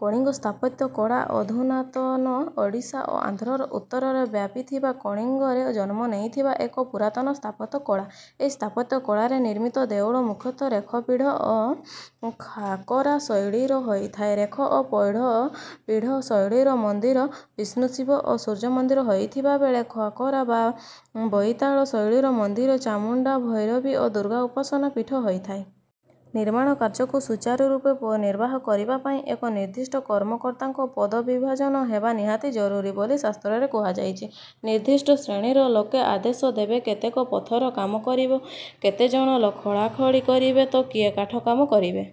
କଳିଙ୍ଗ ସ୍ଥାପତ୍ୟ କଳା ଅଧୁନାତନ ଓଡ଼ିଶା ଓ ଆନ୍ଧ୍ରର ଉତ୍ତରରେ ବ୍ୟାପିଥିବା କଳିଙ୍ଗରେ ଜନ୍ମ ନେଇଥିବା ଏକ ପୁରାତନ ସ୍ଥାପତ୍ୟ କଳା। ଏହି ସ୍ଥାପତ୍ୟ କଳାରେ ନିର୍ମିତ ଦେଉଳ ମୁଖ୍ୟତଃ ରେଖ ପୀଢ଼ ଓ ଖାକରା ଶୈଳୀର ହୋଇଥାଏ। ରେଖ ଓ ପୀଢ଼ ଶୈଳୀର ମନ୍ଦିର ବିଷ୍ଣୁ ଶିବ ଓ ସୂର୍ଯ୍ୟ ମନ୍ଦିର ହୋଇଥିବା ବେଳେ ଖାକରା ବା ବଇତାଳ ଶୈଳୀର ମନ୍ଦିର ଚାମୁଣ୍ଡା ଭୈରବୀ ଓ ଦୁର୍ଗା ଉପାସନା ପୀଠ ହୋଇଥାଏ। ନିର୍ମାଣ କାର୍ଯ୍ୟକୁ ସୁଚାରୁ ରୂପେ ନିର୍ବାହ କରିବା ପାଇଁ ଏକ ନିର୍ଦ୍ଦିଷ୍ଟ କର୍ମକର୍ତ୍ତାଙ୍କ ପଦବିଭାଜନ ହେବା ନିହାତି ଜରୁରୀ ବୋଲି ଶାସ୍ତ୍ରରେ କୁହାଯାଇଛି। ନିର୍ଦ୍ଦିଷ୍ଟ ଶ୍ରେଣୀର ଲୋକେ ଆଦେଶ ଦେବେ କେତେକ ପଥର କାମ କରିବେ କେତେ ଜଣ ଖୋଳାଖୋଳି କରିବେ ତ କିଏ କାଠ କାମ କରିବେ।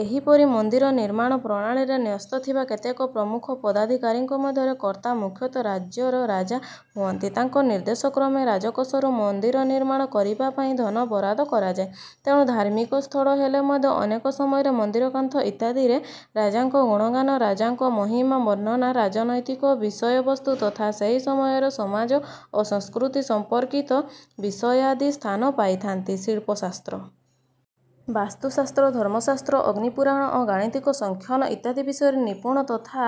ଏହିପରି ମନ୍ଦିର ନିର୍ମାଣ ପ୍ରଣାଳୀରେ ନ୍ୟସ୍ତ ଥିବା କେତେକ ପ୍ରମୁଖ ପଦାଧିକାରୀଙ୍କ ମଧ୍ୟରେ କର୍ତ୍ତା ମୁଖ୍ୟତଃ ରାଜ୍ୟର ରାଜା ହୁଅନ୍ତି। ତାଙ୍କ ନିର୍ଦ୍ଦେଶକ୍ରମେ ରାଜକୋଷରୁ ମନ୍ଦିର ନିର୍ମାଣ କରିବା ପାଇଁ ଧନ ବରାଦ କରାଯାଏ। ତେଣୁ ଧାର୍ମିକ ସ୍ଥଳ ହେଲେ ମଧ୍ୟ ଅନେକ ସମୟରେ ମନ୍ଦିର କାନ୍ଥ ଇତ୍ୟାଦିରେ ରାଜାଙ୍କ ଗୁଣଗାନ ରାଜାଙ୍କ ମହିମା ବର୍ଣ୍ଣନା ରାଜନୈତିକ ବିଷୟବସ୍ତୁ ତଥା ସେହି ସମୟର ସମାଜ ଓ ସଂସ୍କୃତି ସମ୍ପର୍କିତ ବିଷୟାଦି ସ୍ଥାନ ପାଇଥାନ୍ତି। ଶିଳ୍ପଶାସ୍ତ୍ର ବାସ୍ତୁଶାସ୍ତ୍ର ଧର୍ମଶାସ୍ତ୍ର ଅଗ୍ନି ପୁରାଣ ଓ ଗାଣିତିକ ସଂଖ୍ୟାନ ଇତ୍ୟାଦି ବିଷୟରେ ନିପୁଣ ତଥା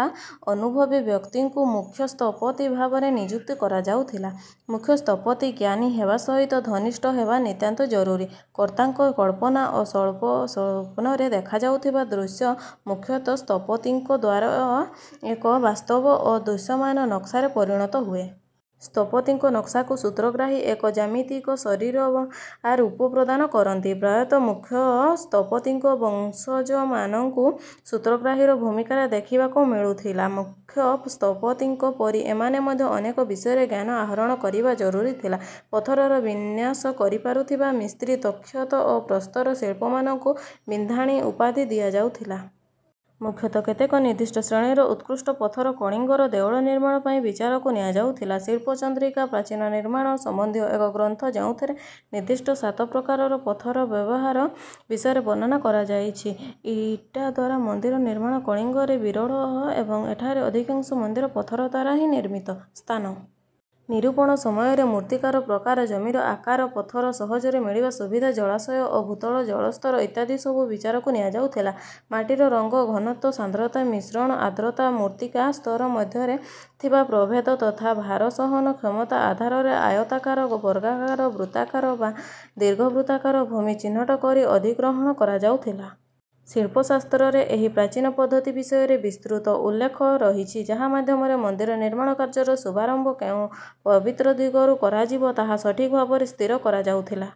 ଅନୁଭବୀ ବ୍ୟକ୍ତିଙ୍କୁ ମୁଖ୍ୟ ସ୍ଥପତି ଭାବେ ନିଯୁକ୍ତ କରାଯାଉଥିଲା। ମୁଖ୍ୟ ସ୍ଥପତି ଜ୍ଞାନୀ ହେବା ସହିତ ଧର୍ମନିଷ୍ଠ ହେବା ନିତାନ୍ତ ଜରୁରୀ। କର୍ତ୍ତାଙ୍କ କଳ୍ପନା ଓ ସ୍ୱପ୍ନରେ ଦେଖାଯାଇଥିବା ଦୃଶ୍ୟ ମୁଖ୍ୟ ସ୍ଥପତିଙ୍କ ଦ୍ୱାରା ଏକ ବାସ୍ତବ ଓ ଦୃଶ୍ୟମାନ ନକ୍ସାରେ ପରିଣତ ହୁଏ। ସ୍ଥପତିଙ୍କ ନକ୍ସାକୁ ସୂତ୍ରଗ୍ରାହୀ ଏକ ଜ୍ୟାମିତିକ ଶରୀର ବା ରୂପ ପ୍ରଦାନ କରନ୍ତି। ପ୍ରାୟତଃ ମୁଖ୍ୟ ସ୍ଥପତିଙ୍କ ବଂଶଜମାନଙ୍କୁ ସୂତ୍ରଗ୍ରାହୀର ଭୂମିକାରେ ଦେଖିବାକୁ ମିଳୁଥିଲା। ମୁଖ୍ୟ ସ୍ଥପତିଙ୍କ ପରି ଏମାନେ ମଧ୍ୟ ଅନେକ ବିଷୟରେ ଜ୍ଞାନ ଆହରଣ କରିବା ଜରୁରୀ ଥିଲା। ପଥରର ବିନ୍ୟାସ କରିପାରୁଥିବା ମିସ୍ତ୍ରୀ ତକ୍ଷକ ଓ ପ୍ରସ୍ତର ଶିଳ୍ପୀମାନଙ୍କୁ ବିନ୍ଧାଣୀ ଉପାଧି ଦିଆଯାଉଥିଲା। ମୁଖ୍ୟତଃ କେତେକ ନିର୍ଦ୍ଦିଷ୍ଟ ଶ୍ରେଣୀର ଉତ୍କୃଷ୍ଟ ପଥର କଳିଙ୍ଗର ଦେଉଳ ନିର୍ମାଣ ପାଇଁ ବିଚାରକୁ ନିଆଯାଉଥିଲା। ଶିଳ୍ପ ଚନ୍ଦ୍ରିକା ପ୍ରାଚୀନ ନିର୍ମାଣ ସମ୍ବନ୍ଧୀୟ ଏକ ଗ୍ରନ୍ଥ ଯେଉଁଥିରେ ନିର୍ଦ୍ଦିଷ୍ଟ ସାତ ପ୍ରକାରର ପଥରର ବ୍ୟବହାର ବିଷୟରେ ବର୍ଣ୍ଣନା କରାଯାଇଛି। ଇଟା ଦ୍ୱାରା ମନ୍ଦିର ନିର୍ମାଣ କଳିଙ୍ଗରେ ବିରଳ ଏବଂ ଏଠାରେ ଅଧିକାଂଶ ମନ୍ଦିର ପଥର ଦ୍ୱାରା ହିଁ ନିର୍ମିତ। ସ୍ଥାନ ନିରୂପଣ ସମୟରେ ମୃତ୍ତିକାର ପ୍ରକାର ଜମିର ଆକାର ପଥର ସହଜରେ ମିଳିବା ସୁବିଧା ଜଳାଶୟ ଓ ଭୂତଳ ଜଳସ୍ତର ଇତ୍ୟାଦି ସବୁ ବିଚାରକୁ ନିଆଯାଉଥିଲା। ମାଟିର ରଙ୍ଗ ଘନତ୍ୱ ସାନ୍ଦ୍ରତା ମିଶ୍ରଣ ଆର୍ଦ୍ରତା ମୃତ୍ତିକା ସ୍ତର ମଧ୍ୟରେ ଥିବା ପ୍ରଭେଦ ତଥା ଭାରସହନ କ୍ଷମତା ଆଧାରରେ ଆୟତାକାର ବର୍ଗାକାର ବୃତ୍ତାକାର ବା ଦୀର୍ଘବୃତ୍ତାକାର ଭୂମି ଚିହ୍ନଟ କରି ଅଧିଗ୍ରହଣ କରାଯାଉଥିଲା। ଶିଳ୍ପଶାସ୍ତ୍ରରେ ଏହି ପ୍ରାଚୀନ ପଦ୍ଧତି ବିଷୟରେ ବିସ୍ତୃତ ଉଲ୍ଲେଖ ରହିଛି ଯାହା ମାଧ୍ୟମରେ ମନ୍ଦିର ନିର୍ମାଣ କାର୍ଯ୍ୟର ଶୁଭାରମ୍ଭ କେଉଁ ପବିତ୍ର ଦିଗରୁ କରାଯିବ ତାହା ସଠିକ୍ ଭାବେ ସ୍ଥିର କରାଯାଉଥିଲା।